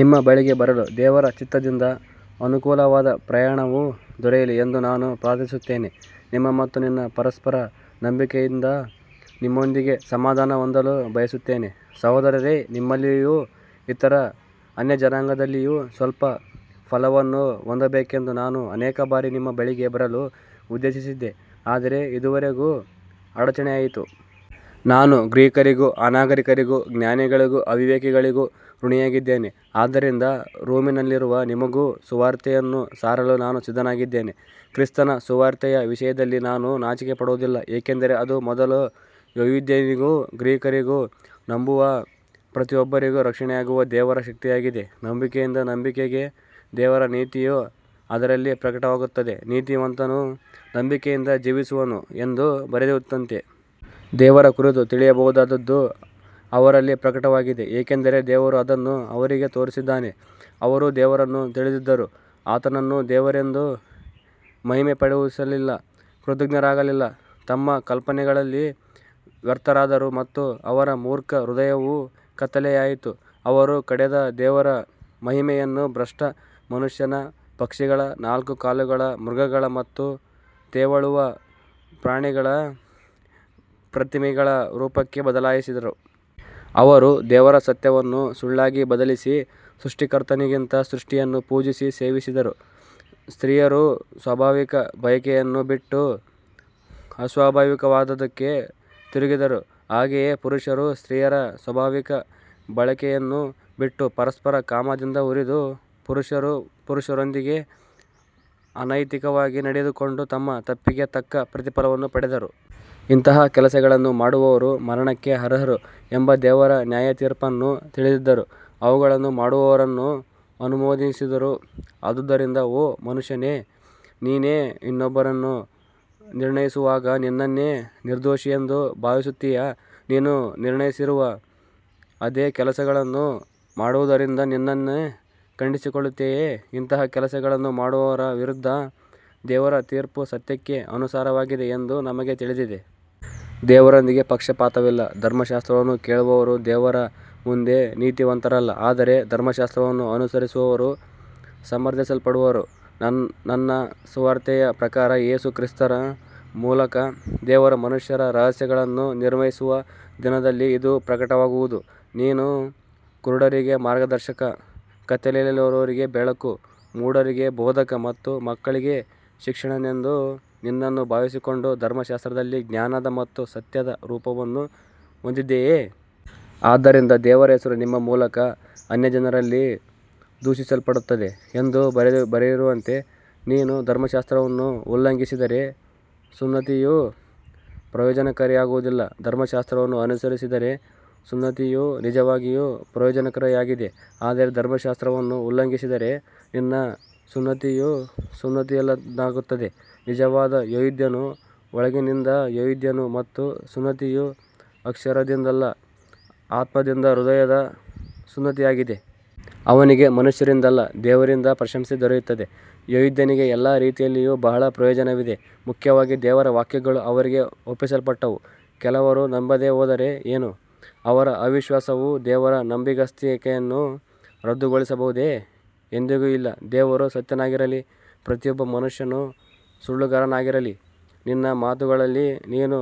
ನಿಮ್ಮ ಬಳಿಗೆ ಬರಲು ದೇವರ ಚಿತ್ತದಿಂದ ಅನುಕೂಲವಾದ ಪ್ರಯಾಣವು ದೊರೆಯಲಿ ಎಂದು ನಾನು ಪ್ರಾರ್ಥಿಸುತ್ತೇನೆ, ನಿಮ್ಮ ಮತ್ತು ನನ್ನ ಪರಸ್ಪರ ನಂಬಿಕೆಯಿಂದ ನಿಮ್ಮೊಂದಿಗೆ ಸಮಾಧಾನ ಹೊಂದಲು ಬಯಸುತ್ತೇನೆ. ಸಹೋದರರೇ, ನಿಮ್ಮಲ್ಲಿಯೂ ಇತರ ಅನ್ಯಜನಾಂಗಗಳಲ್ಲಿಯೂ ಸ್ವಲ್ಪ ಫಲವನ್ನು ಹೊಂದಬೇಕೆಂದು ನಾನು ಅನೇಕ ಬಾರಿ ನಿಮ್ಮ ಬಳಿಗೆ ಬರಲು ಉದ್ದೇಶಿಸಿದ್ದೆ, ಆದರೆ ಇದುವರೆಗೆ ಅಡಚಣೆಯಾಯಿತು. ನಾನು ಗ್ರೀಕರಿಗೂ ಅನಾಗರಿಕರಿಗೂ ಜ್ಞಾನಿಗಳಿಗೂ ಅವಿವೇಕಿಗಳಿಗೂ ಋಣಿಯಾಗಿದ್ದೇನೆ. ಆದ್ದರಿಂದ ರೋಮಿನಲ್ಲಿರುವ ನಿಮಗೂ ಸುವಾರ್ತೆಯನ್ನು ಸಾರಲು ನಾನು ಸಿದ್ಧನಾಗಿದ್ದೇನೆ. ಕ್ರಿಸ್ತನ ಸುವಾರ್ತೆಯ ವಿಷಯದಲ್ಲಿ ನಾನು ನಾಚಿಕೆಪಡುವುದಿಲ್ಲ, ಏಕೆಂದರೆ ಅದು ಮೊದಲು ಯೆಹೂದ್ಯನಿಗೂ ಗ್ರೀಕರಿಗೂ ನಂಬುವ ಪ್ರತಿಯೊಬ್ಬರಿಗೂ ರಕ್ಷಣೆಯಾಗುವ ದೇವರ ಶಕ್ತಿಯಾಗಿದೆ. ನಂಬಿಕೆಯಿಂದ ನಂಬಿಕೆಗೆ ದೇವರ ನೀತಿಯು ಅದರಲ್ಲಿ ಪ್ರಕಟವಾಗುತ್ತದೆ, ನೀತಿವಂತನು ನಂಬಿಕೆಯಿಂದ ಜೀವಿಸುವನು ಎಂದು ಬರೆದಿರುವಂತೆ. ದೇವರ ಕುರಿತು ತಿಳಿಯಬಹುದಾದದ್ದು ಅವರಲ್ಲಿ ಪ್ರಕಟವಾಗಿದೆ, ಏಕೆಂದರೆ ದೇವರು ಅದನ್ನು ಅವರಿಗೆ ತೋರಿಸಿದ್ದಾನೆ. ಅವರು ದೇವರನ್ನು ತಿಳಿದಿದ್ದರೂ ಆತನನ್ನು ದೇವರೆಂದು ಮಹಿಮೆಪಡಿಸಲಿಲ್ಲ, ಕೃತಜ್ಞರಾಗಲಿಲ್ಲ, ತಮ್ಮ ಕಲ್ಪನೆಗಳಲ್ಲಿ ವ್ಯರ್ಥರಾದರು ಮತ್ತು ಅವರ ಮೂರ್ಖ ಹೃದಯವು ಕತ್ತಲೆಯಾಯಿತು. ಅವರು ಕೆಡದ ದೇವರ ಮಹಿಮೆಯನ್ನು ಭ್ರಷ್ಟ ಮನುಷ್ಯನ, ಪಕ್ಷಿಗಳ, ನಾಲ್ಕು ಕಾಲುಗಳ ಮೃಗಗಳ ಮತ್ತು ತೆವಳುವ ಪ್ರಾಣಿಗಳ ಪ್ರತಿಮೆಗಳ ರೂಪಕ್ಕೆ ಬದಲಾಯಿಸಿದರು. ಅವರು ದೇವರ ಸತ್ಯವನ್ನು ಸುಳ್ಳಾಗಿ ಬದಲಿಸಿ ಸೃಷ್ಟಿಕರ್ತನಿಗಿಂತ ಸೃಷ್ಟಿಯನ್ನು ಪೂಜಿಸಿ ಸೇವಿಸಿದರು. ಸ್ತ್ರೀಯರು ಸ್ವಾಭಾವಿಕ ಬಳಕೆಯನ್ನು ಬಿಟ್ಟು ಅಸ್ವಾಭಾವಿಕವಾದದ್ದಕ್ಕೆ ತಿರುಗಿದರು. ಹಾಗೆಯೇ ಪುರುಷರು ಸ್ತ್ರೀಯರ ಸ್ವಾಭಾವಿಕ ಬಳಕೆಯನ್ನು ಬಿಟ್ಟು ಪರಸ್ಪರ ಕಾಮದಿಂದ ಉರಿದು, ಪುರುಷರು ಪುರುಷರೊಂದಿಗೆ ಅನೈತಿಕವಾಗಿ ನಡೆದುಕೊಂಡು ತಮ್ಮ ತಪ್ಪಿಗೆ ತಕ್ಕ ಪ್ರತಿಫಲವನ್ನು ಪಡೆದರು. ಇಂತಹ ಕೆಲಸಗಳನ್ನು ಮಾಡುವವರು ಮರಣಕ್ಕೆ ಅರ್ಹರು ಎಂಬ ದೇವರ ನ್ಯಾಯತೀರ್ಪನ್ನು ತಿಳಿದಿದ್ದರೂ, ಅವುಗಳನ್ನು ಮಾಡುವವರನ್ನು ಅನುಮೋದಿಸಿದರು. ಆದುದರಿಂದ ಓ ಮನುಷ್ಯನೇ, ನೀನು ಇನ್ನೊಬ್ಬನನ್ನು ನಿರ್ಣಯಿಸುವಾಗ ನಿನ್ನನ್ನೇ ನಿರ್ದೋಷಿಯೆಂದು ಭಾವಿಸುತ್ತೀಯಾ, ನೀನು ನಿರ್ಣಯಿಸುವ ಅದೇ ಕೆಲಸಗಳನ್ನು ಮಾಡುವುದರಿಂದ ನಿನ್ನನ್ನೇ ಖಂಡಿಸಿಕೊಳ್ಳುತ್ತೀಯೆ. ಇಂತಹ ಕೆಲಸಗಳನ್ನು ಮಾಡುವವರ ವಿರುದ್ಧ ದೇವರ ತೀರ್ಪು ಸತ್ಯಕ್ಕೆ ಅನುಸಾರವಾಗಿದೆ ಎಂದು ನಮಗೆ ತಿಳಿದಿದೆ. ದೇವರೊಂದಿಗೆ ಪಕ್ಷಪಾತವಿಲ್ಲ. ಧರ್ಮಶಾಸ್ತ್ರವನ್ನು ಕೇಳುವವರು ದೇವರ ಮುಂದೆ ನೀತಿವಂತರಲ್ಲ, ಆದರೆ ಧರ್ಮಶಾಸ್ತ್ರವನ್ನು ಅನುಸರಿಸುವವರು ಸಮರ್ಥಿಸಲ್ಪಡುವರು. ನನ್ನ ಸುವಾರ್ತೆಯ ಪ್ರಕಾರ ಯೇಸು ಕ್ರಿಸ್ತನ ಮೂಲಕ ದೇವರು ಮನುಷ್ಯರ ರಹಸ್ಯಗಳನ್ನು ನಿರ್ಣಯಿಸುವ ದಿನದಲ್ಲಿ ಇದು ಪ್ರಕಟವಾಗುವುದು. ನೀನು ಕುರುಡರಿಗೆ ಮಾರ್ಗದರ್ಶಕ, ಕತ್ತಲೆಯಲ್ಲಿರುವವರಿಗೆ ಬೆಳಕು, ಮೂಢರಿಗೆ ಬೋಧಕ ಮತ್ತು ಮಕ್ಕಳಿಗೆ ಶಿಕ್ಷಕನೆಂದು ನಿನ್ನನ್ನು ಭಾವಿಸಿಕೊಂಡು, ಧರ್ಮಶಾಸ್ತ್ರದಲ್ಲಿ ಜ್ಞಾನದ ಮತ್ತು ಸತ್ಯದ ರೂಪವನ್ನು ಹೊಂದಿದ್ದೀಯೆ. ಆದ್ದರಿಂದ ದೇವರ ಹೆಸರು ನಿಮ್ಮ ಮೂಲಕ ಅನ್ಯಜನರಲ್ಲಿ ದೂಷಿಸಲ್ಪಡುತ್ತದೆ ಎಂದು ಬರೆದಿರುವಂತೆ, ನೀನು ಧರ್ಮಶಾಸ್ತ್ರವನ್ನು ಉಲ್ಲಂಘಿಸಿದರೆ ಸುನ್ನತಿಯು ಪ್ರಯೋಜನಕಾರಿಯಾಗುವುದಿಲ್ಲ. ಧರ್ಮಶಾಸ್ತ್ರವನ್ನು ಅನುಸರಿಸಿದರೆ ಸುನ್ನತಿಯು ನಿಜವಾಗಿಯೂ ಪ್ರಯೋಜನಕಾರಿಯಾಗಿದೆ, ಆದರೆ ಧರ್ಮಶಾಸ್ತ್ರವನ್ನು ಉಲ್ಲಂಘಿಸಿದರೆ ನಿನ್ನ ಸುನ್ನತಿಯು ಸುನ್ನತಿಯಲ್ಲದಂತಾಗುತ್ತದೆ. ನಿಜವಾದ ಯೆಹೂದ್ಯನು ಒಳಗಿನಿಂದ ಯೆಹೂದ್ಯನು, ಮತ್ತು ಸುನ್ನತಿಯು ಅಕ್ಷರದಿಂದಲ್ಲ, ಆತ್ಮದಿಂದ ಹೃದಯದ ಸುನ್ನತಿಯಾಗಿದೆ. ಅವನಿಗೆ ಮನುಷ್ಯರಿಂದಲ್ಲ, ದೇವರಿಂದ ಪ್ರಶಂಸೆ ದೊರೆಯುತ್ತದೆ. ಯೆಹೂದ್ಯನಿಗೆ ಎಲ್ಲ ರೀತಿಯಲ್ಲಿಯೂ ಬಹಳ ಪ್ರಯೋಜನವಿದೆ, ಮುಖ್ಯವಾಗಿ ದೇವರ ವಾಕ್ಯಗಳು ಅವರಿಗೆ ಒಪ್ಪಿಸಲ್ಪಟ್ಟವು. ಕೆಲವರು ನಂಬದೆ ಹೋದರೆ ಏನು, ಅವರ ಅವಿಶ್ವಾಸವು ದೇವರ ನಂಬಿಗಸ್ತಿಕೆಯನ್ನು ರದ್ದುಗೊಳಿಸಬಹುದೇ. ಎಂದಿಗೂ ಇಲ್ಲ. ದೇವರು ಸತ್ಯನಾಗಿರಲಿ, ಪ್ರತಿಯೊಬ್ಬ ಮನುಷ್ಯನು ಸುಳ್ಳುಗಾರನಾಗಿರಲಿ, ನಿನ್ನ ಮಾತುಗಳಲ್ಲಿ ನೀನು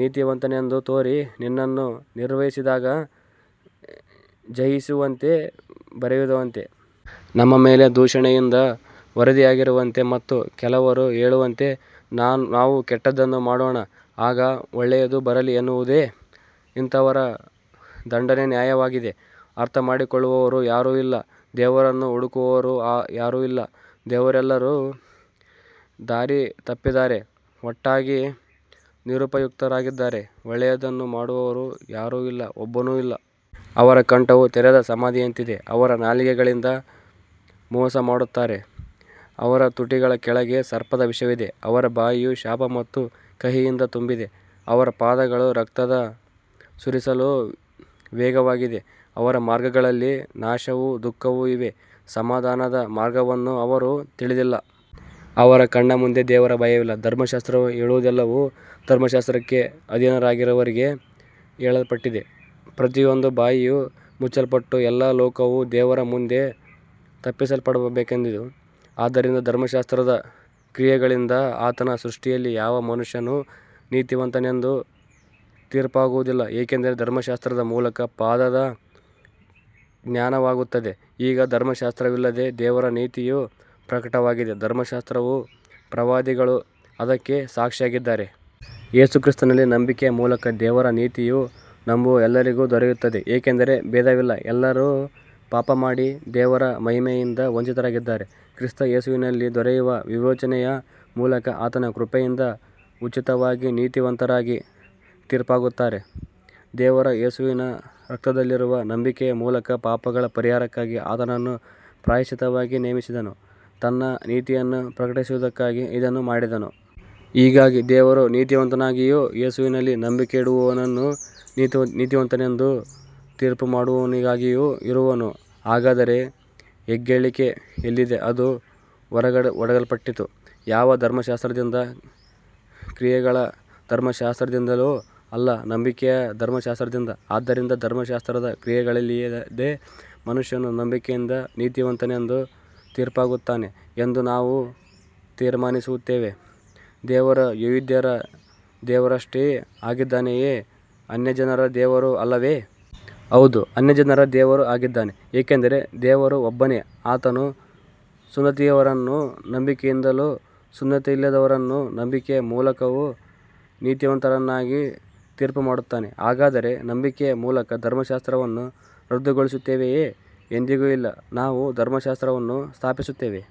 ನೀತಿವಂತನೆಂದು ತೋರಿ, ನಿನ್ನನ್ನು ನಿರ್ಣಯಿಸಿದಾಗ ಜಯಿಸುವಂತೆ ಬರೆದಿರುವಂತೆ. ನಮ್ಮ ಮೇಲೆ ದೂಷಣೆಯಿಂದ ವರದಿಯಾಗಿರುವಂತೆ ಮತ್ತು ಕೆಲವರು ಹೇಳುವಂತೆ ನಾವು ಕೆಟ್ಟದ್ದನ್ನು ಮಾಡೋಣ, ಆಗ ಒಳ್ಳೆಯದು ಬರಲಿ ಎನ್ನುವುದೇ. ಇಂತಹವರ ದಂಡನೆ ನ್ಯಾಯವಾಗಿದೆ. ಅರ್ಥಮಾಡಿಕೊಳ್ಳುವವರು ಯಾರೂ ಇಲ್ಲ, ದೇವರನ್ನು ಹುಡುಕುವವರು ಯಾರೂ ಇಲ್ಲ. ಅವರೆಲ್ಲರೂ ದಾರಿ ತಪ್ಪಿದ್ದಾರೆ, ಒಟ್ಟಾಗಿ ನಿರುಪಯುಕ್ತರಾಗಿದ್ದಾರೆ. ಒಳ್ಳೆಯದನ್ನು ಮಾಡುವವರು ಯಾರೂ ಇಲ್ಲ, ಒಬ್ಬನೂ ಇಲ್ಲ. ಅವರ ಕಂಠವು ತೆರೆದ ಸಮಾಧಿಯಂತಿದೆ, ಅವರ ನಾಲಿಗೆಗಳಿಂದ ಮೋಸ ಮಾಡುತ್ತಾರೆ, ಅವರ ತುಟಿಗಳ ಕೆಳಗೆ ಸರ್ಪದ ವಿಷವಿದೆ. ಅವರ ಬಾಯಿಯು ಶಾಪ ಮತ್ತು ಕಹಿಯಿಂದ ತುಂಬಿದೆ. ಅವರ ಪಾದಗಳು ರಕ್ತ ಸುರಿಸಲು ವೇಗವಾಗಿವೆ, ಅವರ ಮಾರ್ಗಗಳಲ್ಲಿ ನಾಶವೂ ದುಃಖವೂ ಇವೆ, ಸಮಾಧಾನದ ಮಾರ್ಗವನ್ನು ಅವರು ತಿಳಿದಿಲ್ಲ. ಅವರ ಕಣ್ಣ ಮುಂದೆ ದೇವರ ಭಯವಿಲ್ಲ. ಧರ್ಮಶಾಸ್ತ್ರವು ಹೇಳುವದೆಲ್ಲವೂ ಧರ್ಮಶಾಸ್ತ್ರಕ್ಕೆ ಅಧೀನರಾದವರಿಗೆ ಹೇಳಲ್ಪಟ್ಟಿದೆ, ಪ್ರತಿಯೊಂದು ಬಾಯಿಯೂ ಮುಚ್ಚಲ್ಪಟ್ಟು ಎಲ್ಲಾ ಲೋಕವೂ ದೇವರ ಮುಂದೆ ತಪ್ಪಿತಸ್ಥವಾಗಬೇಕೆಂದು. ಆದ್ದರಿಂದ ಧರ್ಮಶಾಸ್ತ್ರದ ಕ್ರಿಯೆಗಳಿಂದ ಆತನ ದೃಷ್ಟಿಯಲ್ಲಿ ಯಾವ ಮನುಷ್ಯನೂ ನೀತಿವಂತನೆಂದು ತೀರ್ಪಾಗುವುದಿಲ್ಲ, ಏಕೆಂದರೆ ಧರ್ಮಶಾಸ್ತ್ರದ ಮೂಲಕ ಪಾಪದ ಜ್ಞಾನವಾಗುತ್ತದೆ. ಈಗ ಧರ್ಮಶಾಸ್ತ್ರವಿಲ್ಲದೆ ದೇವರ ನೀತಿಯು ಪ್ರಕಟವಾಗಿದೆ, ಧರ್ಮಶಾಸ್ತ್ರವೂ ಪ್ರವಾದಿಗಳೂ ಅದಕ್ಕೆ ಸಾಕ್ಷಿಯಾಗಿದ್ದಾರೆ. ಯೇಸು ಕ್ರಿಸ್ತನಲ್ಲಿ ನಂಬಿಕೆಯ ಮೂಲಕ ದೇವರ ನೀತಿಯು ನಂಬುವ ಎಲ್ಲರಿಗೂ ದೊರೆಯುತ್ತದೆ, ಏಕೆಂದರೆ ಭೇದವಿಲ್ಲ. ಎಲ್ಲರೂ ಪಾಪಮಾಡಿ ದೇವರ ಮಹಿಮೆಯಿಂದ ವಂಚಿತರಾಗಿದ್ದಾರೆ. ಕ್ರಿಸ್ತ ಯೇಸುವಿನಲ್ಲಿ ದೊರೆಯುವ ವಿಮೋಚನೆಯ ಮೂಲಕ ಆತನ ಕೃಪೆಯಿಂದ ಉಚಿತವಾಗಿ ನೀತಿವಂತರಾಗಿ ತೀರ್ಪಾಗುತ್ತಾರೆ. ದೇವರು ಯೇಸುವಿನ ರಕ್ತದಲ್ಲಿರುವ ನಂಬಿಕೆಯ ಮೂಲಕ ಪಾಪಗಳ ಪರಿಹಾರಕ್ಕಾಗಿ ಆತನನ್ನು ಪ್ರಾಯಶ್ಚಿತ್ತವಾಗಿ ನೇಮಿಸಿದನು, ತನ್ನ ನೀತಿಯನ್ನು ಪ್ರಕಟಿಸುವುದಕ್ಕಾಗಿ ಇದನ್ನು ಮಾಡಿದನು. ಹೀಗಾಗಿ ದೇವರು ನೀತಿವಂತನಾಗಿಯೂ ಯೇಸುವಿನಲ್ಲಿ ನಂಬಿಕೆಯಿಡುವವನನ್ನು ನೀತಿವಂತನೆಂದು ತೀರ್ಪುಮಾಡುವವನಾಗಿಯೂ ಇರುವನು. ಹಾಗಾದರೆ ಹೆಗ್ಗಳಿಕೆ ಎಲ್ಲಿದೆ, ಅದು ಹೊರಗಿಡಲ್ಪಟ್ಟಿತು. ಯಾವ ಧರ್ಮಶಾಸ್ತ್ರದಿಂದ, ಕ್ರಿಯೆಗಳ ಧರ್ಮಶಾಸ್ತ್ರದಿಂದಲೋ, ಅಲ್ಲ, ನಂಬಿಕೆಯ ಧರ್ಮಶಾಸ್ತ್ರದಿಂದ. ಆದ್ದರಿಂದ ಧರ್ಮಶಾಸ್ತ್ರದ ಕ್ರಿಯೆಗಳಿಲ್ಲದೆ ಮನುಷ್ಯನು ನಂಬಿಕೆಯಿಂದ ನೀತಿವಂತನೆಂದು ತೀರ್ಪಾಗುತ್ತಾನೆ ಎಂದು ನಾವು ತೀರ್ಮಾನಿಸುತ್ತೇವೆ. ದೇವರು ಯೆಹೂದ್ಯರ ದೇವರಷ್ಟೇ ಆಗಿದ್ದಾನೆಯೇ, ಅನ್ಯಜನರ ದೇವರೂ ಅಲ್ಲವೇ. ಹೌದು, ಅನ್ಯಜನರ ದೇವರೂ ಆಗಿದ್ದಾನೆ. ಏಕೆಂದರೆ ದೇವರು ಒಬ್ಬನೇ, ಆತನು ಸುನ್ನತಿಯವರನ್ನು ನಂಬಿಕೆಯಿಂದಲೂ ಸುನ್ನತಿಯಿಲ್ಲದವರನ್ನು ನಂಬಿಕೆಯ ಮೂಲಕವೂ ನೀತಿವಂತರನ್ನಾಗಿ ತೀರ್ಪುಮಾಡುತ್ತಾನೆ. ಹಾಗಾದರೆ ನಂಬಿಕೆಯ ಮೂಲಕ ಧರ್ಮಶಾಸ್ತ್ರವನ್ನು ರದ್ದುಗೊಳಿಸುತ್ತೇವೆಯೇ. ಎಂದಿಗೂ ಇಲ್ಲ, ನಾವು ಧರ್ಮಶಾಸ್ತ್ರವನ್ನು ಸ್ಥಾಪಿಸುತ್ತೇವೆ.